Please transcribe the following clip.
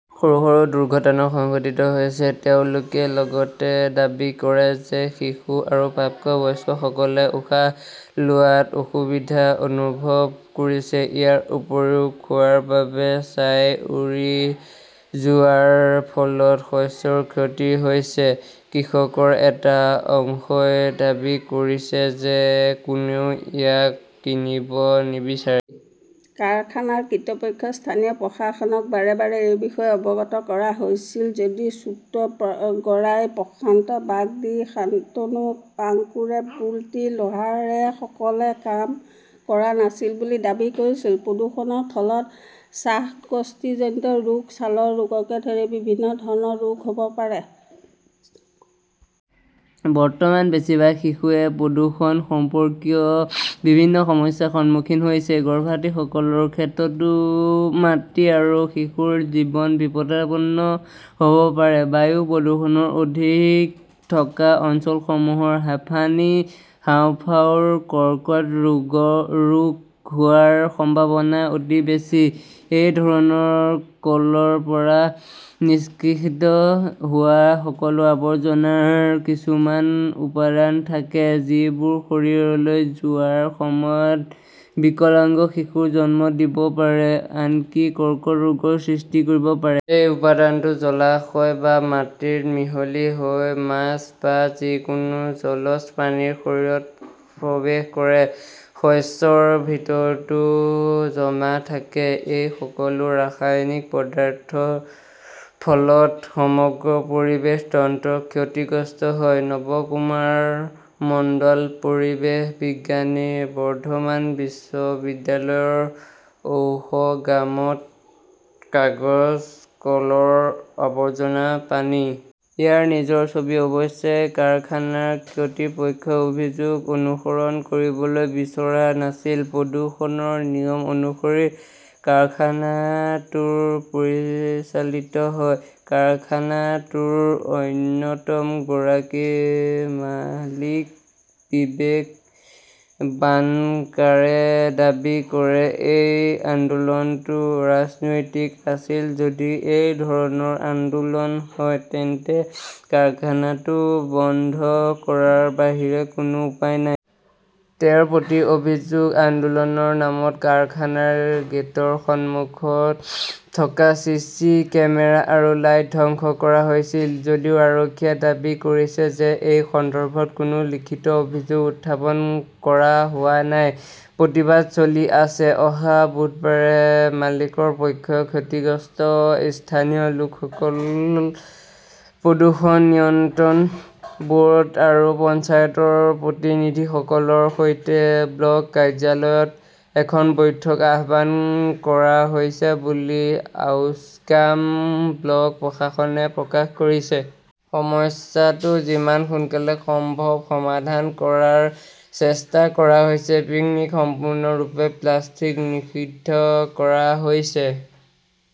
সৰু সৰু দুৰ্ঘটনাও সংঘটিত হৈছে। তেওঁলোকে লগতে দাবী কৰে যে শিশু আৰু প্ৰাপ্তবয়স্কসকলে উশাহ লোৱাত অসুবিধা অনুভৱ কৰিছে। ইয়াৰ উপৰিও, খোৱাৰ বাবে ছাই উৰি যোৱাৰ ফলত শস্যৰ ক্ষতি হৈছে। কৃষকৰ এটা অংশই দাবী কৰিছে যে কোনেও ইয়াক কিনিব নিবিচাৰে। কাৰখানাৰ কৰ্তৃপক্ষ, স্থানীয় প্ৰশাসনক বাৰে বাৰে এই বিষয়ে অৱগত কৰা হৈছিল যদিও ছোট্টু গৰাই, প্ৰশান্ত বাগদী, শন্তানু আঙ্কুৰে, বুল্টি লোহাৰেসকলে কাম কৰা নাছিল বুলি দাবী কৰিছিল। প্ৰদূষণৰ ফলত শ্বাসকষ্টজনিত ৰোগ, ছালৰ ৰোগকে ধৰি বিভিন্ন ধৰণৰ ৰোগ হ'ব পাৰে। বৰ্তমান বেছিভাগ শিশুই প্ৰদূষণ সম্পৰ্কীয় বিভিন্ন সমস্যাৰ সন্মুখীন হৈছে। গৰ্ভৱতীসকলৰ ক্ষেত্ৰতো মাতৃ আৰু শিশুৰ জীৱন বিপদাপন্ন হ'ব পাৰে। বায়ু প্ৰদূষণ অধিক থকা অঞ্চলসমূহত হাঁপানি, হাঁওফাঁওৰ কৰ্কট ৰোগ হোৱাৰ সম্ভাৱনা অতি বেছি। এই ধৰণৰ কলৰ পৰা নিষ্কাশিত হোৱা সকলো আৱৰ্জনাৰ কিছুমান উপাদান থাকে যিবোৰ শৰীৰলৈ যোৱাৰ সময়ত বিকলাঙ্গ শিশু জন্ম দিব পাৰে, আনকি কৰ্কট ৰোগৰ সৃষ্টি কৰিব পাৰে। এই উপাদানটো জলাশয় বা মাটিৰ মিহলি হৈ মাছ বা যিকোনো জলজ প্ৰাণীৰ শৰীৰত প্ৰৱেশ কৰে। শস্যৰ ভিতৰতো জমা থাকে। এই সকলো ৰাসায়নিক পদাৰ্থৰ ফলত সমগ্ৰ 'পৰিৱেশ তন্ত্ৰ ক্ষতিগ্ৰস্ত হয়'। নবকুমাৰ মণ্ডল, পৰিৱেশ বিজ্ঞানী, বৰ্ধমান বিশ্ববিদ্যালয়ৰ ঔশগ্ৰামত কাগজ কলৰ আৱৰ্জনা পানী। ইয়াৰ নিজৰ ছবি, অৱশ্যে, কাৰখানাৰ কৰ্তৃপক্ষই অভিযোগ অনুসৰণ কৰিবলৈ বিচৰা নাছিল। 'প্ৰদূষণৰ নিয়ম অনুসৰি কাৰখানাটো পৰিচালিত হয়', কাৰখানাটোৰ অন্যতম গৰাকী মালিক বিবেক বানকাৰে দাবী কৰে। এই আন্দোলনটো ৰাজনৈতিক আছিল। যদি এই ধৰণৰ আন্দোলন হয়, তেন্তে কাৰখানাটো বন্ধ কৰাৰ বাহিৰে কোনো উপায় নাই। 'তেওঁৰ প্ৰতি-অভিযোগ' আন্দোলনৰ নামত কাৰখানাৰ গেটৰ সন্মুখত থকা চিচি কেমেৰা আৰু লাইট ধ্বংস কৰা হৈছিল। 'যদিও আৰক্ষীয়ে দাবী কৰিছে যে এই সন্দৰ্ভত কোনো লিখিত অভিযোগ উত্থাপন কৰা হোৱা নাই। প্ৰতিবাদ চলি আছে। অহা বুধবাৰে মালিকৰ পক্ষ, ক্ষতিগ্ৰস্ত স্থানীয় লোকসকল, প্ৰদূষণ নিয়ন্ত্ৰণ ব'ৰ্ড আৰু পঞ্চায়তৰ প্ৰতিনিধিসকলৰ সৈতে ব্লক কাৰ্যালয়ত এখন বৈঠক আহ্বান কৰা হৈছে বুলি আউছগ্ৰাম ব্লক প্ৰশাসনে প্ৰকাশ কৰিছে। সমস্যাটো যিমান সোনকালে সম্ভৱ সমাধান কৰাৰ চেষ্টা কৰা হৈছে। পিকনীক সম্পূৰ্ণৰূপে প্লাষ্টিক নিষিদ্ধ কৰা হৈছে ।